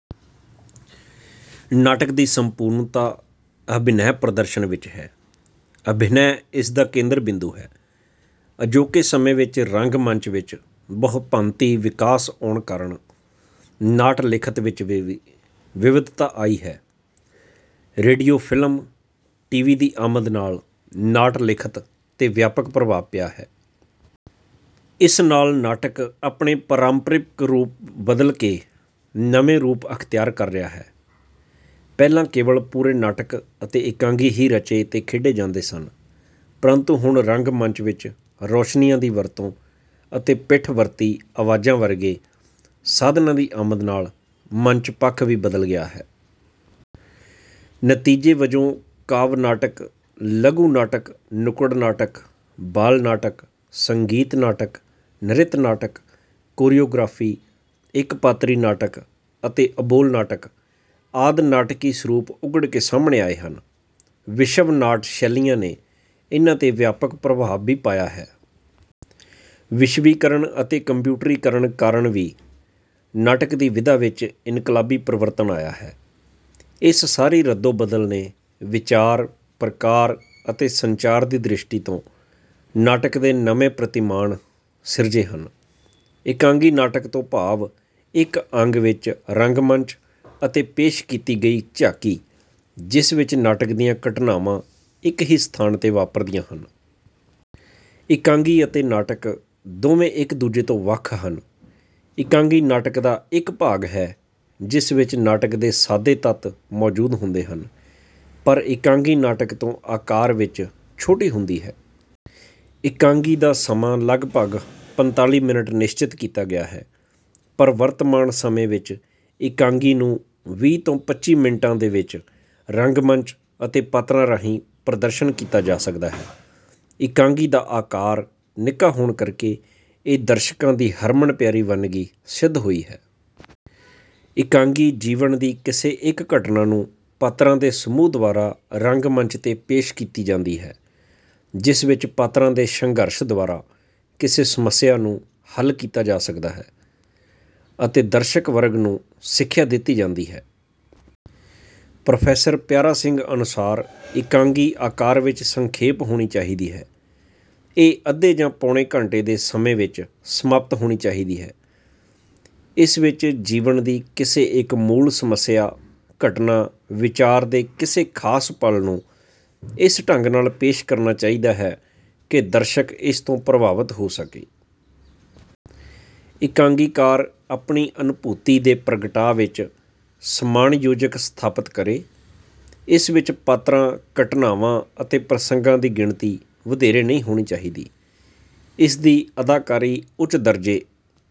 ਨਾਟਕ ਦੀ ਸੰਪੂਰਨਤਾ ਅਭਿਨੈ ਪ੍ਰਦਰਸ਼ਨ ਵਿੱਚ ਹੈ, ਅਭਿਨੈ ਇਸ ਦਾ ਕੇਂਦਰ ਬਿੰਦੂ ਹੈ। ਅਜੋਕੇ ਸਮੇਂ ਵਿੱਚ ਰੰਗ ਮੰਚ ਵਿੱਚ ਬਹੁਭਾਂਤੀ ਵਿਕਾਸ ਆਉਣ ਕਾਰਨ ਨਾਟ ਲਿਖਤ ਵਿੱਚ ਵਿਵਿਧਤਾ ਆਈ ਹੈ। ਰੇਡੀਓ, ਫਿਲਮ ਅਤੇ ਟੀ ਵੀ ਦੀ ਆਮਦ ਨਾਲ ਨਾਟ ਲਿਖਤ ਤੇ ਵਿਆਪਕ ਪ੍ਰਭਾਵ ਪਿਆ ਹੈ। ਇਸ ਨਾਲ ਨਾਟਕ ਆਪਣੇ ਪਰੰਪਰਿਕ ਰੂਪ ਬਦਲ ਕੇ ਨਵੇਂ ਰੂਪ ਅਖਤਿਆਰ ਕਰ ਰਿਹਾ ਹੈ। ਪਹਿਲਾਂ ਕੇਵਲ ਪੂਰੇ ਨਾਟਕ ਅਤੇ ਇਕਾਂਗੀ ਹੀ ਰਚੇ ਤੇ ਖੇਡੇ ਜਾਂਦੇ ਸਨ ਪਰੰਤੂ ਹੁਣ ਰੰਗ ਮੰਚ ਵਿੱਚ ਰੋਸ਼ਨੀਆਂ ਦੀ ਵਰਤੋਂ ਅਤੇ ਪਿੱਠ ਵਰਤੀ ਅਵਾਜ਼ਾਂ ਵਰਗੇ ਸਾਧਨਾਂ ਦੀ ਆਮਦ ਨਾਲ ਮੰਚ ਪੱਖ ਵੀ ਬਦਲ ਗਿਆ ਹੈ। ਨਤੀਜੇ ਵਜੋਂ ਕਾਵਿ ਨਾਟਕ, ਲਘੂ ਨਾਟਕ, ਨੁਕੜ ਨਾਟਕ, ਬਾਲ ਨਾਟਕ, ਸੰਗੀਤ ਨਾਟਕ, ਨ੍ਰਿਤ ਨਾਟਕ, ਕੋਰਿਓਗ੍ਰਾਫੀ, ਇੱਕ ਪਾਤਰੀ ਨਾਟਕ ਅਤੇ ਅਬੋਲ ਨਾਟਕ ਆਦਿ ਨਾਟਕੀ ਸਰੂਪ ਉੱਘੜ ਕੇ ਸਾਹਮਣੇ ਆਏ ਹਨ। ਵਿਸ਼ਵ ਨਾਟ ਸ਼ੈਲੀਆਂ ਨੇ ਇਹਨਾਂ ਤੇ ਵਿਆਪਕ ਪ੍ਰਭਾਵ ਵੀ ਪਾਇਆ ਹੈ। ਵਿਸ਼ਵੀਕਰਨ ਅਤੇ ਕੰਪਿਊਟਰੀਕਰਨ ਕਾਰਨ ਵੀ ਨਾਟਕ ਦੀ ਵਿਧਾ ਵਿੱਚ ਇਨਕਲਾਬੀ ਪਰਿਵਰਤਨ ਆਇਆ ਹੈ। ਇਸ ਸਾਰੀ ਰੱਦੋ ਬਦਲ ਨੇ ਵਿਚਾਰ, ਪ੍ਰਕਾਰ ਅਤੇ ਸੰਚਾਰ ਦੀ ਦ੍ਰਿਸ਼ਟੀ ਤੋਂ ਨਾਟਕ ਦੇ ਨਵੇਂ ਪ੍ਰਤਿਮਾਨ ਸਿਰਜੇ ਹਨ। ਇਕਾਂਗੀ ਨਾਟਕ ਤੋਂ ਭਾਵ ਇੱਕ ਅੰਗ ਵਿੱਚ ਰੰਗਮੰਚ ਤੇ ਪੇਸ਼ ਕੀਤੀ ਗਈ ਝਾਕੀ ਜਿਸ ਵਿੱਚ ਨਾਟਕ ਦੀਆਂ ਘਟਨਾਵਾਂ ਇੱਕ ਹੀ ਸਥਾਨ ਤੇ ਵਾਪਰਦੀਆਂ ਹਨ। ਇਕਾਂਗੀ ਅਤੇ ਨਾਟਕ ਦੋਵੇਂ ਇੱਕ ਦੂਜੇ ਤੋਂ ਵੱਖ ਹਨ। ਇਕਾਂਗੀ ਨਾਟਕ ਦਾ ਇੱਕ ਭਾਗ ਹੈ ਜਿਸ ਵਿੱਚ ਨਾਟਕ ਦੇ ਸਾਦੇ ਤੱਤ ਮੌਜੂਦ ਹੁੰਦੇ ਹਨ, ਪਰ ਇਕਾਂਗੀ ਨਾਟਕ ਤੋਂ ਆਕਾਰ ਵਿੱਚ ਛੋਟੀ ਹੁੰਦੀ ਹੈ। ਇਕਾਂਗੀ ਦਾ ਸਮਾਂ ਲਗਭਗ ਪੰਤਾਲੀ ਮਿੰਟ ਨਿਸਚਿਤ ਕੀਤਾ ਗਿਆ ਹੈ, ਪਰ ਵਰਤਮਾਨ ਸਮੇਂ ਵਿੱਚ ਇਕਾਂਗੀ ਨੂੰ ਵੀਹ ਤੋਂ ਪੱਚੀ ਮਿੰਟਾਂ ਦੇ ਵਿੱਚ ਰੰਗਮੰਚ ਤੇ ਪਾਤਰਾਂ ਰਾਹੀਂ ਪ੍ਰਦਰਸ਼ਨ ਕੀਤਾ ਜਾ ਸਕਦਾ ਹੈ। ਇਕਾਂਗੀ ਦਾ ਆਕਾਰ ਨਿੱਕਾ ਹੋਣ ਕਰਕੇ ਇਹ ਦਰਸ਼ਕਾਂ ਦੀ ਹਰਮਨ ਪਿਆਰੀ ਵੰਨਗੀ ਸਿੱਧ ਹੋਈ ਹੈ। ਇਕਾਂਗੀ ਜੀਵਨ ਦੀ ਕਿਸੇ ਇੱਕ ਘਟਨਾ ਨੂੰ ਪਾਤਰਾਂ ਦੇ ਸਮੂਹ ਦੁਆਰਾ ਰੰਗਮੰਚ ਤੇ ਪੇਸ਼ ਕੀਤੀ ਜਾਂਦੀ ਹੈ। ਜਿਸ ਵਿੱਚ ਪਾਤਰਾਂ ਦੇ ਸੰਘਰਸ਼ ਦੁਆਰਾ ਕਿਸੇ ਸਮੱਸਿਆ ਨੂੰ ਹੱਲ ਕੀਤਾ ਜਾ ਸਕਦਾ ਹੈ, ਅਤੇ ਦਰਸ਼ਕ ਵਰਗ ਨੂੰ ਸਿੱਖਿਆ ਦਿੱਤੀ ਜਾਂਦੀ ਹੈ। ਪ੍ਰੋਫੇਸਰ ਪਿਆਰਾ ਸਿੰਘ ਅਨੁਸਾਰ, ਇਕਾਂਗੀ ਆਕਾਰ ਵਿੱਚ ਸੰਖੇਪ ਹੋਣੀ ਚਾਹੀਦੀ ਹੈ। ਇਹ ਅੱਧੇ ਜਾਂ ਪੌਣੇ ਘੰਟੇ ਦੇ ਸਮੇਂ ਵਿੱਚ ਸਮਾਪਤ ਹੋਣੀ ਚਾਹੀਦੀ ਹੈ। ਇਸ ਵਿੱਚ ਜੀਵਨ ਦੀ ਕਿਸੇ ਇੱਕ ਮੂਲ ਸਮੱਸਿਆ, ਘਟਨਾ, ਵਿਚਾਰ ਦੇ ਕਿਸੇ ਖਾਸ ਪਲ ਨੂੰ ਇਸ ਢੰਗ ਨਾਲ ਪੇਸ਼ ਕਰਨਾ ਚਾਹੀਦਾ ਹੈ, ਕਿ ਦਰਸ਼ਕ ਇਸ ਤੋਂ ਪ੍ਰਭਾਵਿਤ ਹੋ ਸਕੇ। ਇਕਾਂਗੀਕਾਰ ਆਪਣੀ ਅਨੁਭੂਤੀ ਤੇ ਪ੍ਰਗਟਾਅ ਵਿੱਚ ਸਮਾਨਯੋਜਕ ਸਥਾਪਤ ਕਰੇ। ਇਸ ਵਿੱਚ ਪਾਤਰਾਂ, ਘਟਨਾਵਾਂ, ਤੇ ਪ੍ਰਸੰਗਾਂ ਦੀ ਗਿਣਤੀ ਵਧੇਰੇ ਨਹੀਂ ਹੋਣੀ ਚਾਹੀਦੀ। ਇਸ ਦੀ ਅਦਾਕਾਰੀ ਉੱਚ ਦਰਜੇ